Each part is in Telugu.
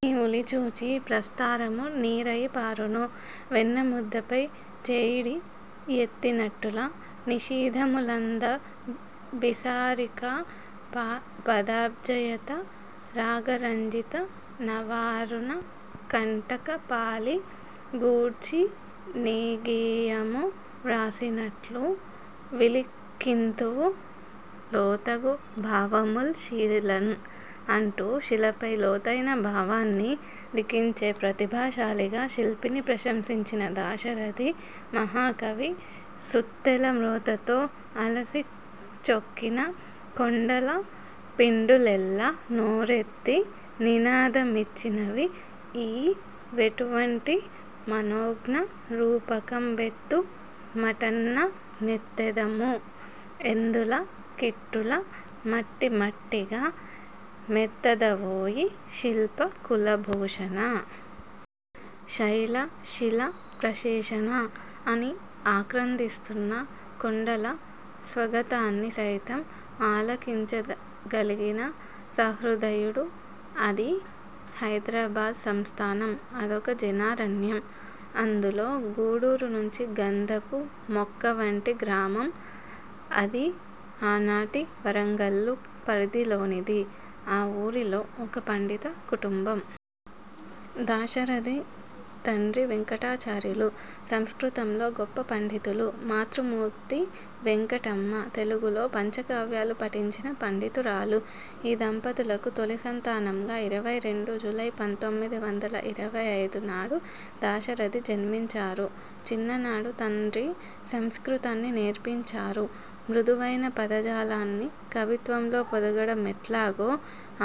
'నీ ఉలిచూచి ప్రస్తరమునీరయి పారును వెన్నముద్దపైచేయిడి యెత్తినట్టుల నిశీధములందభిసారికా ప పదాబ్జాయత రాగరంజిత నవారుణ కంటక పాళి గూర్చినేగేయము వ్రాసినట్లు, విలిఖింతువు లోతగు భావముల్ శిలన్'' అంటూ శిలపై లోతయిన భావాన్ని లిఖించే ప్రతిభా శాలిగా శిల్పిని ప్రశంసించిన దాశరథి మహాకవి- 'సుత్తెల మ్రోతతో అలసిచొక్కిన కొండల పిండులెల్ల నోరెత్తి నినాదమిచ్చినవిఈ వెటువంటి మనోజ్ఞ రూపకంబెత్తు మటన్న నెత్తెదము; ఎందుల కిట్టుల మట్టిమట్టిగామొత్తెదవోయి శిల్పకులభూషణ! శైల శిల ప్రషేషణా! ' అని ఆక్రందిస్తున్న కొండల స్వగతాన్ని సైతం ఆలకిం చగలిగిన సహృదయుడు. అది హైదరాబాద్ సంస్థానం. అదొక జనారణ్యం. అందులో గూడూరు నుంచి గంధపు మొక్క వంటి గ్రామం. అది ఆనాటి వరంగల్లు పరిధిలోనిది. ఆ ఊరిలో ఒక పండిత కుటుంబం. దాశరథి తండ్రి వేంకటాచార్యులు. సంస్కృతంలో గొప్ప పండితులు. మాతృమూర్తి వేంకటమ్మ. తెలుగులో పంచకావ్యాలు పఠించిన పండితురాలు. ఈ దంపతులకు తొలి సంతానంగా ఇరవై రెండు జూలై పంతోమిది వందల ఇరవై ఐదు నాడు దాశరథి జన్మిం చారు. చిన్ననాడు తండ్రి సంస్కృతాన్ని నేర్పించారు. మృదు వైన పదజాలాన్ని కవిత్వంలో పొదగడం ఎట్లాగో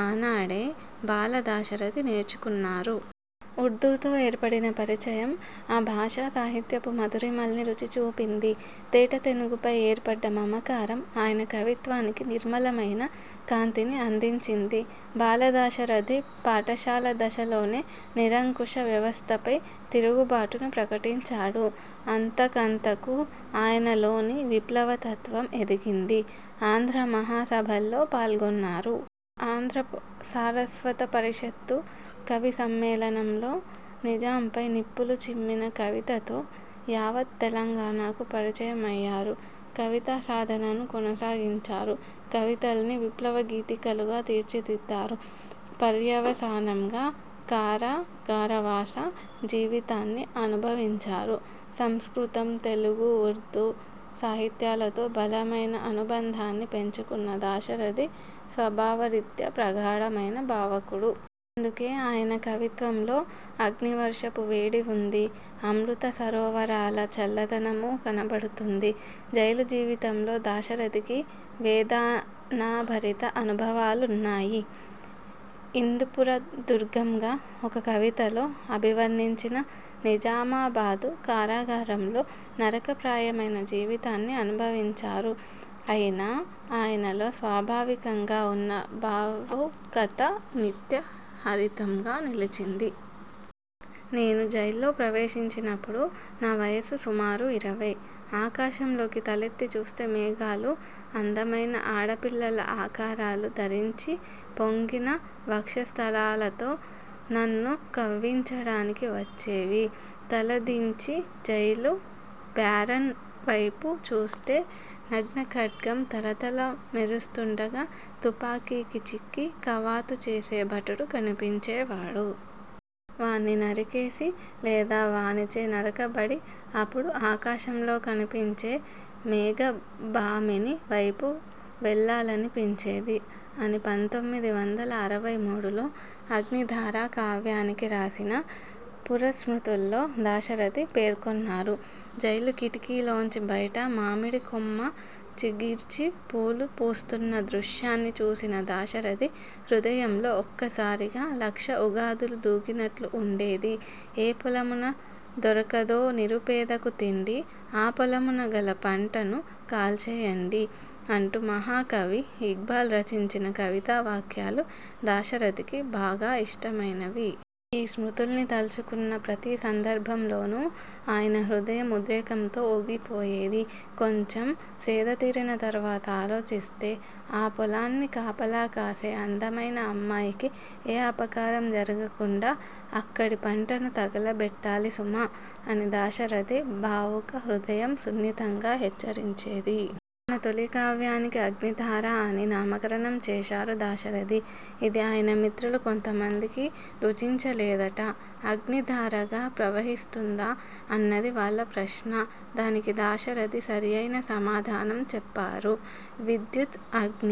ఆనాడే బాల దాశరథి నేర్చుకున్నారు. ఉర్దూతో ఏర్పడిన పరిచయం ఆ భాషా సాహిత్యపు మధురిమల్ని రుచి చూపింది. తేట తెనుగుపై ఏర్పడ్డ మమకారం ఆయన కవిత్వానికి నిర్మల మైన కాంతిని అందించింది. బాల దాశరథి పాఠశాల దశలోనే నిరంకుశ వ్యవస్థపై తిరుగుబాటును ప్రకటించాడు. అంతకంతకూ ఆయనలోని విప్లవతత్వం ఎదిగింది. ఆంధ్ర మహాసభల్లో పాల్గొన్నారు. ఆంధ్ర సారస్వత పరిషత్తు కవి సమ్మేళనం లో నిజాంపై నిప్పులు చిమ్మిన కవితతో యావత్ తెలంగాణకు పరిచయమ య్యారు. కవితా సాధనను కొనసాగించారు. కవితల్ని విప్లవ గీతికలుగా తీర్చిదిద్దారు. పర్యవసానంగా కారాగారవాస జీవితాన్ని అనుభవించారు. సంస్కృతం, తెలుగు, ఉర్దూ సాహిత్యాలతో బలమైన అనుబంధాన్ని పెంచుకున్న దాశరథి స్వభావరీత్యా ప్రగాఢ మైన భావుకుడు. అందుకే ఆయన కవిత్వంలో అగ్నివర్షపు వేడి ఉంది. అమృత సరోవరాల చల్లదనమూ కనబడు తుంది. జైలు జీవితంలో దాశరథికి వేదనాభరిత అనుభవా లున్నాయి. ఇందుపుర దుర్గంగా ఒక కవితలో అభివర్ణించిన నిజామాబాదు కారాగారంలో నరకప్రాయమైన జీవితాన్ని అనుభవించారు. అయినా ఆయనలో స్వాభావికంగా ఉన్న భావుకత నిత్యహరితంగా నిలిచింది. ''నేను జైల్లో ప్రవేశిం చినపుడు నా వయస్సు సుమారు ఇరవై. ఆకాశంలోకి తలెత్తి చూస్తే మేఘాలు అందమైన ఆడపిల్లల ఆకారాలు ధరించి పొంగిన వక్షస్థలాలతో నన్ను కవ్వించడానికి వచ్చేవి. తల దించి జైలు బ్యారన్ వైపు చూస్తే, నగ్న ఖడ్గం తళతళ మెరు స్తుండగా తుపాకీకి చిక్కి కవాతుచేసే భటుడు కనిపించే వాడు. వాణ్ణి నరికేసి, లేదా వానిచే నరకబడి అపుడు ఆకాశంలో కనిపించే మేఘభామిని వైపు వెళ్లాలనిపించేది'' అని పంతోమిది వందల అరవై మూడు లో 'అగ్నిధార' కావ్యానికి రాసిన 'పురాస్మృతు'ల్లో దాశరథి పేర్కొన్నారు. జైలు కిటికీ లోంచి బయట మామిడి కొమ్మ చిగిర్చి పూలు పూస్తున్న దృశ్యాన్ని చూసిన దాశరథి హృదయంలో ఒక్కసారిగా లక్ష ఉగాదులు దూకినట్లు ఉండేది: ''ఏ పొలమున దొరకదొ నిరుపేదకు తిండి/ ఆ పొలమున గల పంటను కాల్చే యండి'' అంటూ మహా కవి ఇక్బాల్ రచించిన కవితా వాక్యాలు దాశరథికి బాగా ఇష్టమైనవి. ఈ స్మృతుల్ని తలచుకున్న ప్రతి సందర్భంలోను ఆయన హృదయం ఉద్రేకంతో ఊగిపోయేది. కొంచెం సేద తీరిన తరువాత ఆలోచిస్తే ''ఆ పొలాన్ని కాపలాకాసే అందమైన అమ్మాయికి ఏ అపకారం జరగకుండా అక్కడి పంటను తగులబెట్టాలి సుమా! '' అని దాశ రథి భావుక హృదయం సున్నితంగా హెచ్చరించేది. తన తొలి కావ్యానికి 'అగ్నిధార' అని నామకరణం చేశారు దాశరథి. ఇది ఆయన మిత్రులు కొంతమందికి రుచించలేదట. ''అగ్ని ధారగా ప్రవహిస్తుందా? '' అన్నది వాళ్ళ ప్రశ్న. దానికి దాశరథి సరియైున సమాధానం చెప్పారు: ''విద్యుత్ అగ్ని